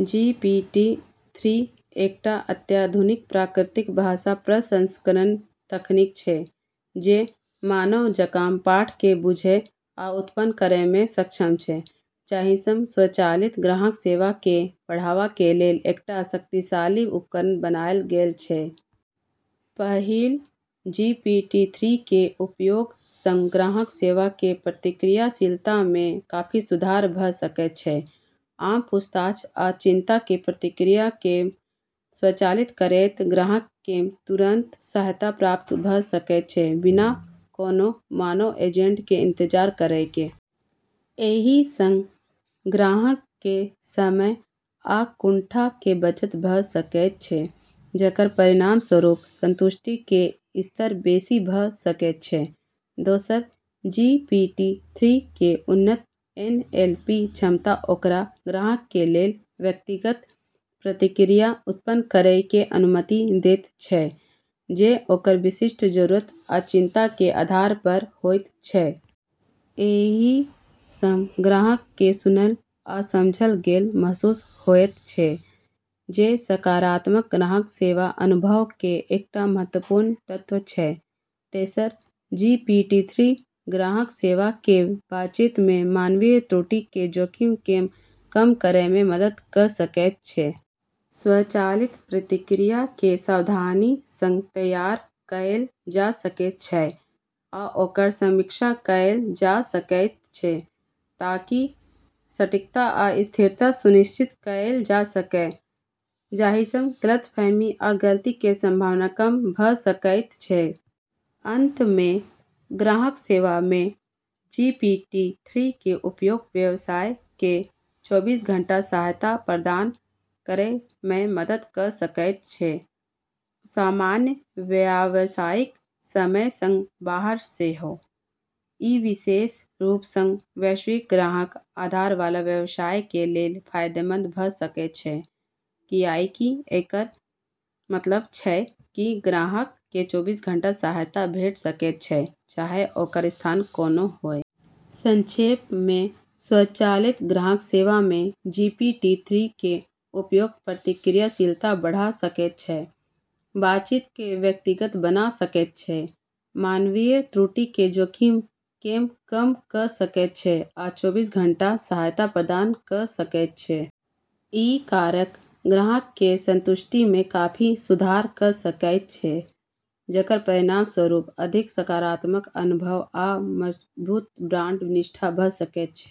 जी P T three एकटा अत्याधुनिक प्राकृतिक भाषा प्रसंस्करण (एन एल पी) तकनीक छै जे मानव जकाँ पाठ केँ बुझय आ उत्पन्न करय में सक्षम छै, जाहिसँ स्वचालित ग्राहक सेवा के बढ़ावा के लेल एकटा शक्तिशाली उपकरण बनायल गेल छै। पहिल, जी पी टी-थ्री के उपयोग सँ ग्राहक सेवा के प्रतिक्रियाशीलता में काफी सुधार भऽ सकैत छै। आम पूछताछ आ चिंता के प्रतिक्रिया केँ स्वचालित करैत ग्राहक केँ तुरंत सहायता प्राप्त भऽ सकैत छै, बिना कोनों मानव एजेंट के इंतजार करय के। एहि सँ ग्राहक के समय आ कुंठा के बचत भऽ सकैत छै, जकर परिणामस्वरूप संतुष्टि के स्तर बेसि भऽ सकैत छै। दोसर, जी पी टी-थ्री के उन्नत एन एल पी क्षमता ओकरा ग्राहक के लेल व्यक्तिगत प्रतिक्रिया उत्पन्न करय के अनुमति दैत छै, जे ओकर विशिष्ट जरूरत आ चिंता के आधार पर होइत छै। एहि सँ ग्राहक के सुनल आ समझल गेल महसूस होयत छै, जे सकारात्मक ग्राहक सेवा अनुभव के एकटा महत्वपूर्ण तत्व छै। तेसर, जी पी टी-थ्री ग्राहक सेवा के बातचीत में मानवीय त्रुटि के जोखिम केँ कम करय में मदद क' सकैत छै। स्वचालित प्रतिक्रिया के सावधानी सँ तैयार कएल जा सकैत छै आ ओकर समीक्षा कएल जा सकैत छै ताकि सटीकता आ स्थिरता सुनिश्चित कएल जा सकय, जाहिसँ गलतफहमी आ गलती के संभावना कम भऽ सकैत छै। अंत में, ग्राहक सेवा में जी पी टी-थ्री के उपयोग व्यवसाय के चौबीस घन्टा सहायता प्रदान करय में मदद क' सकैत छै, सामान्य व्यावसायिक समय सँ बाहर सेहो। ई विशेष रूप सँ वैश्विक ग्राहक आधार वाला व्यवसाय के लेल फायदेमंद भऽ सकय छै, कियाकि एकर मतलब छै कि ग्राहक के चौबीस घन्टा सहायता भेट सकैत छै, चाहे ओकर स्थान कोनो होय। संक्षेप में, स्वचालित ग्राहक सेवा में जी पी टी-थ्री के उपयोग प्रतिक्रियाशीलता बढ़ा सकैत छै, बातचीत के व्यक्तिगत बना सकैत छै, मानवीय त्रुटि के जोखिम केँ कम क' सकैत छै आ चौबीस घन्टा सहायता प्रदान क' सकैत छै। ई कारक ग्राहक के संतुष्टि में काफी सुधार क' सकैत छै, जकर परिणामस्वरूप अधिक सकारात्मक अनुभव आ मजबूत ब्रांड निष्ठा भऽ सकैत छै।